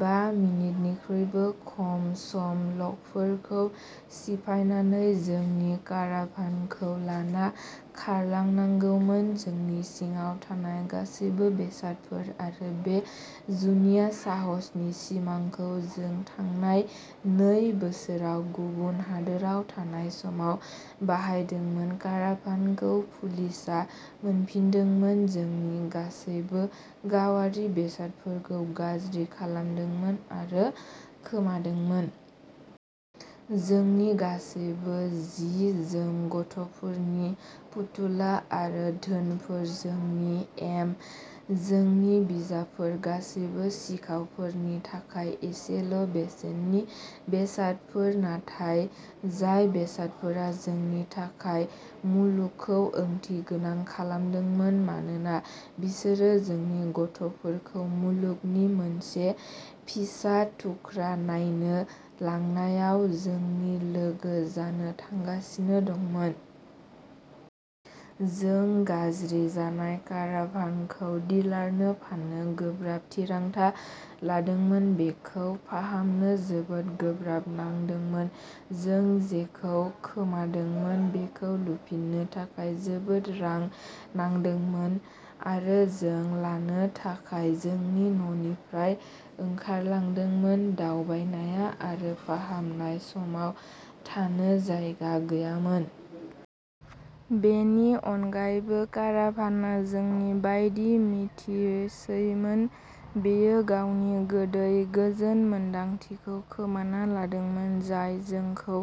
बा मिनिटनिख्रुइबो खम सम ल'कफोरखौ सिफायनानै जोंनि काराभानखौ लाना खारलांनांगौमोन, जोंनि सिङाव थानाय गासैबो बेसादफोर, आरो बे जुनिया साहसनि सिमांखौ जों थांनाय नै बोसोराव गुबुन हादोराव थानाय समाव बाहायदोंमोन। काराभानखौ पुलिसआ मोनफिनदोंमोन, जोंनि गासैबो गावारि बेसादफोरखौ गाज्रि खालामदोंमोन आरो खोमादोंमोन। जोंनि गासैबो जि जोम, गथ'फोरनि फुथुला आरो धोनफोर, जोंनि एम, जोंनि बिजाबफोर गासैबो सिखावफोरनि थाखाय एसेल' बेसेननि बेसादफोर, नाथाय जाय बेसादफोरा जोंनि थाखाय मुलुगखौ ओंथिगोनां खालामदोंमोन मानोना बिसोरो जोंनि गथ'फोरखौ मुलुगनि मोनसे फिसा थुख्रा नायनो लांनायाव जोंनि लोगो जानो थांगासिनो दंमोन। जों गाज्रि जानाय काराभानखौ डिलारनो फान्नो गोब्राब थिरांथा लादोंमोन। बेखौ फाहामनो जोबोद गोब्राब नांदोंमोन, जों जेखौ खोमादोंमोन बेखौ लुफिननो थाखाय जोबोद रां नांदोंमोन, आरो जों लानो थाखाय जोंनि न'निफ्राय ओंखारलांदोंमोन। दावबायनाया आरो फाहामनाय समाव थानो जायगा गैयामोन। बेनि अनगायैबो, काराभानआ जोंनि बायदि मिथिसैमोन। बेयो गावनि गोदै, गोजोन मोन्दांथिखौ खोमाना लादोंमोन, जाय जोंखौ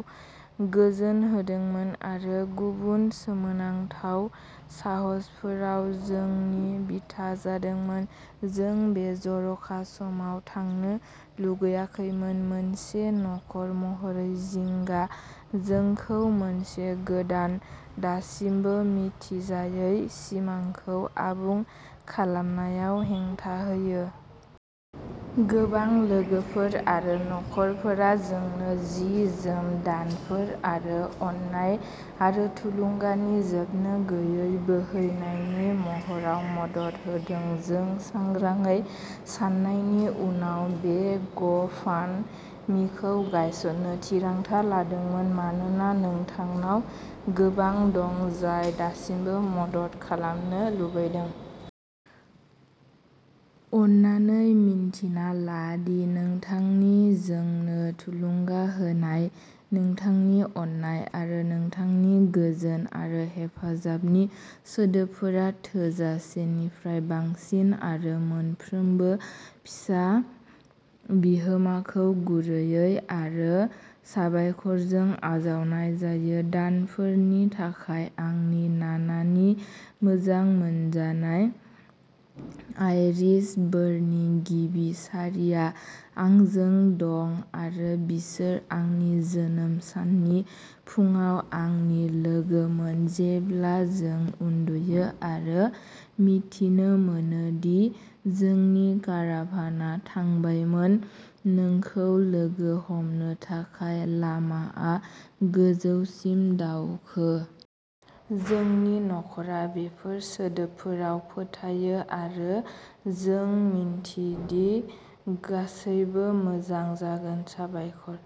गोजोन होदोंमोन आरो गुबुन सोमोनांथाव साहसफोराव जोंनि बिथा जादोंमोन। जों बे जर'खा समाव थांनो लुगैयाखैमोन, मोनसे नखर महरै जिंगा जोंखौ मोनसे गोदान दासिमबो मिथिजायै सिमांखौ आबुं खालामनायाव हेंथा होयो। गोबां लोगोफोर आरो नखरफोरा जोंनो जि जोम, दानफोर, आरो अननाय आरो थुलुंगानि जोबनो गैयै बोहैनायनि महराव मदद होदों। जों सांग्राङै साननायनि उनाव, बे ग' फान्ड मिखौ गायसन्नो थिरांथा लादोंमोन, मानोना नोंथांनाव गोबां दं जाय दासिमबो मदद खालामनो लुबैदों। अन्नानै मिन्थिना ला दि नोंथांनि जोंनो थुलुंगा होनाय, नोंथांनि अननाय, आरो नोंथांनि गोजोन आरो हेफाजाबनि सोदोबफोरा थोजासेनिफ्राय बांसिन, आरो मोनफ्रोमबो फिसा बिहोमाखौ गुरैयै आरो साबायखरजों आजावनाय जायो। दानफोरनि थाखाय आंनि नानानि मोजां मोनजानाय आइरिश बोरनि गिबि सारिआ आंजों दं, आरो बिसोर आंनि जोनोम साननि फुंआव आंनि लोगोमोन जेब्ला जों उन्दुयो आरो मिथिनो मोनो दि जोंनि काराभानआ थांबायमोनः "नोंखौ लोगो हमनो थाखाय लामाआ गोजौसिम दावखो।" जोंनि नखरा बेफोर सोदोबफोराव फोथायो, आरो जों मिन्थिदि गासैबो मोजां जागोन। साबायखर।